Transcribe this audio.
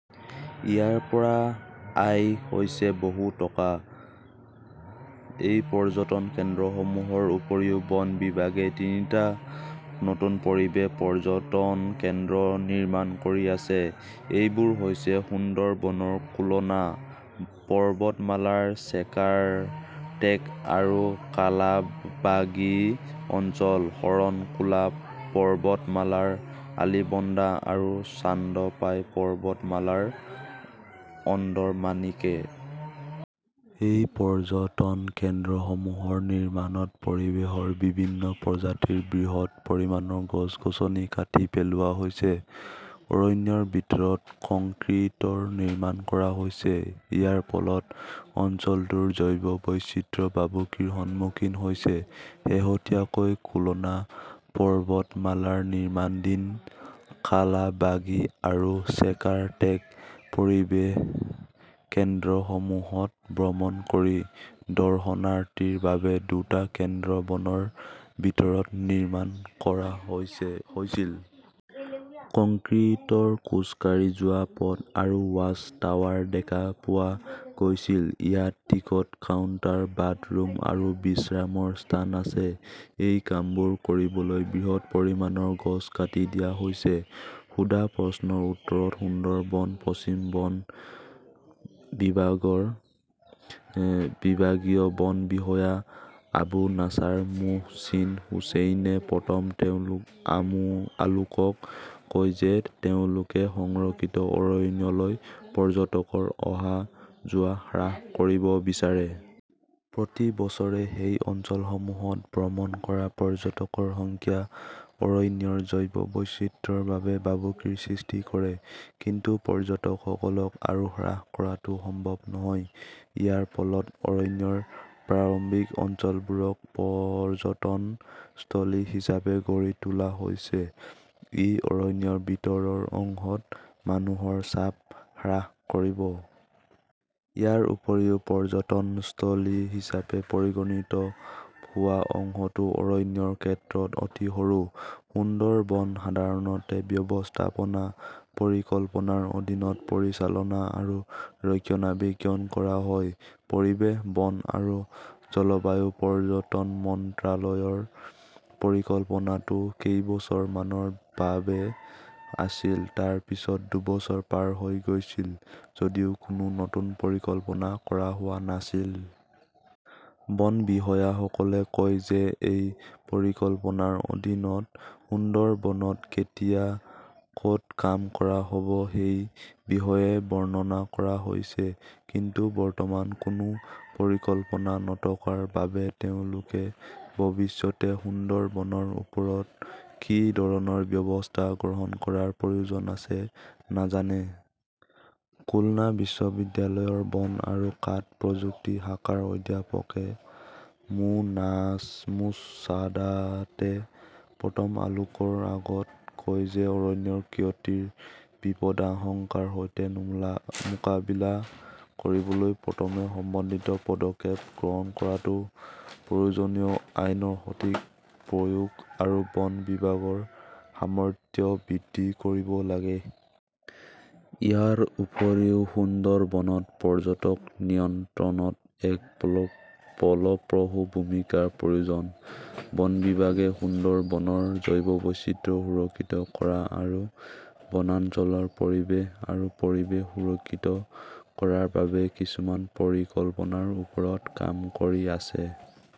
ইয়াৰ পৰা আয় হৈছে বহু টকা। এই পৰ্যটন কেন্দ্ৰসমূহৰ উপৰিও বন বিভাগে তিনিটা নতুন পৰিৱেশ পৰ্যটন কেন্দ্ৰ নিৰ্মাণ কৰি আছে। এইবোৰ হৈছে সুন্দৰবনৰ খুলনা পৰ্বতমালাৰ শ্বেখাৰটেক আৰু কালাবাগী অঞ্চল, শৰণখোলা পৰ্বতমালাৰ আলিবন্ধা আৰু চান্দপাই পৰ্বতমালাৰ অন্ধৰমানিকে। এই পৰ্যটন কেন্দ্ৰসমূহৰ নিৰ্মাণত পৰিৱেশৰ বিভিন্ন প্ৰজাতিৰ বৃহৎ পৰিমাণৰ গছ-গছনি কাটি পেলোৱা হৈছে। অৰণ্যৰ ভিতৰত কংক্ৰিটৰ নিৰ্মাণ কৰা হৈছে। ইয়াৰ ফলত অঞ্চলটোৰ জৈৱ বৈচিত্ৰ্য ভাবুকিৰ সন্মুখীন হৈছে। শেহতীয়াকৈ খুলনা পৰ্বতমালাৰ নিৰ্মাণধীন কালাবাগী আৰু শ্বেখাৰটেক পৰিৱেশ কেন্দ্ৰসমূহত ভ্ৰমণ কৰি দৰ্শনাৰ্থীৰ বাবে দুটা কেন্দ্ৰ বনৰ ভিতৰত নিৰ্মাণ কৰা হৈছিল। কংক্ৰিটৰ খোজকাঢ়ি যোৱা পথ আৰু ৱাচ টাৱাৰ দেখা পোৱা গৈছিল। ইয়াত টিকট কাউণ্টাৰ, বাথৰুম আৰু বিশ্ৰামৰ স্থান আছে। এই কামবোৰ কৰিবলৈ বৃহৎ পৰিমাণৰ গছ কাটি দিয়া হৈছে। সোধা প্ৰশ্নৰ উত্তৰত সুন্দৰবন পশ্চিম বন বিভাগৰ বিভাগীয় বন বিষয়া আবু নাছাৰ মোহচিন হুচেইনে প্ৰথম আলোকক কয় যে তেওঁলোকে সংৰক্ষিত অৰণ্যলৈ পৰ্যটকৰ অহা-যোৱা হ্ৰাস কৰিব বিচাৰে। প্ৰতি বছৰে সেই অঞ্চলসমূহত ভ্ৰমণ কৰা পৰ্যটকৰ সংখ্যা অৰণ্যৰ জৈৱ বৈচিত্ৰ্যৰ বাবে ভাবুকিৰ সৃষ্টি কৰে। কিন্তু পৰ্যটকসকলক আৰু হ্ৰাস কৰাটো সম্ভৱ নহয়। ইয়াৰ ফলত অৰণ্যৰ প্ৰাৰম্ভিক অঞ্চলবোৰক পৰ্যটনস্থলী হিচাপে গঢ়ি তোলা হৈছে। ই অৰণ্যৰ ভিতৰৰ অংশত মানুহৰ চাপ হ্ৰাস কৰিব। ইয়াৰ উপৰিও পৰ্যটনস্থলী হিচাপে পৰিগণিত হোৱা অংশটো অৰণ্যৰ ক্ষেত্ৰত অতি সৰু। সুন্দৰবন সাধাৰণতে ব্যৱস্থাপনা পৰিকল্পনাৰ অধীনত পৰিচালনা আৰু ৰক্ষণাবেক্ষণ কৰা হয়। পৰিৱেশ, বন আৰু জলবায়ু পৰিৱৰ্তন মন্ত্ৰালয়ৰ পৰিকল্পনাটো কেইবছৰ মানৰ বাবেহ আছিল। তাৰ পিছত দুবছৰ পাৰ হৈ গৈছিল যদিও কোনো নতুন পৰিকল্পনা কৰা হোৱা নাছিল। বন বিষয়াসকলে কয় যে এই পৰিকল্পনাৰ অধীনত সুন্দৰবনত কেতিয়া, ক'ত কাম কৰা হ'ব সেই বিষয়ে বৰ্ণনা কৰা হৈছে। কিন্তু বৰ্তমান কোনো পৰিকল্পনা নথকাৰ বাবে তেওঁলোকে ভৱিষ্যতে সুন্দৰবনৰ ওপৰত কি ধৰণৰ ব্যৱস্থা গ্ৰহণ কৰাৰ প্ৰয়োজন আছে নাজানে। খুলনা বিশ্ববিদ্যালয়ৰ বন আৰু কাঠ প্ৰযুক্তি শাখাৰ অধ্যাপক মো. নাজমুছ ছাদাতে প্ৰথম আলোকৰ আগত কয় যে অৰণ্যৰ ক্ষতিৰ বিপদাশংকাৰ সৈতে মোকাবিলা কৰিবলৈ প্ৰথমে সমন্বিত পদক্ষেপ গ্ৰহণ কৰাটো প্ৰয়োজনীয়। আইনৰ সঠিক প্ৰয়োগ আৰু বন বিভাগৰ সামৰ্থ্য বৃদ্ধি কৰিব লাগে। ইয়াৰ উপৰিও সুন্দৰবনত পৰ্যটক নিয়ন্ত্ৰণত এক ফলপ্ৰসূ ভূমিকাৰ প্ৰয়োজন। বন বিভাগে সুন্দৰবনৰ জৈৱ বৈচিত্ৰ্য সুৰক্ষিত কৰা আৰু বনাঞ্চলৰ পৰিৱেশ আৰু পৰিৱেশ সুৰক্ষিত কৰাৰ বাবে কিছুমান পৰিকল্পনাৰ ওপৰত কাম কৰি আছে।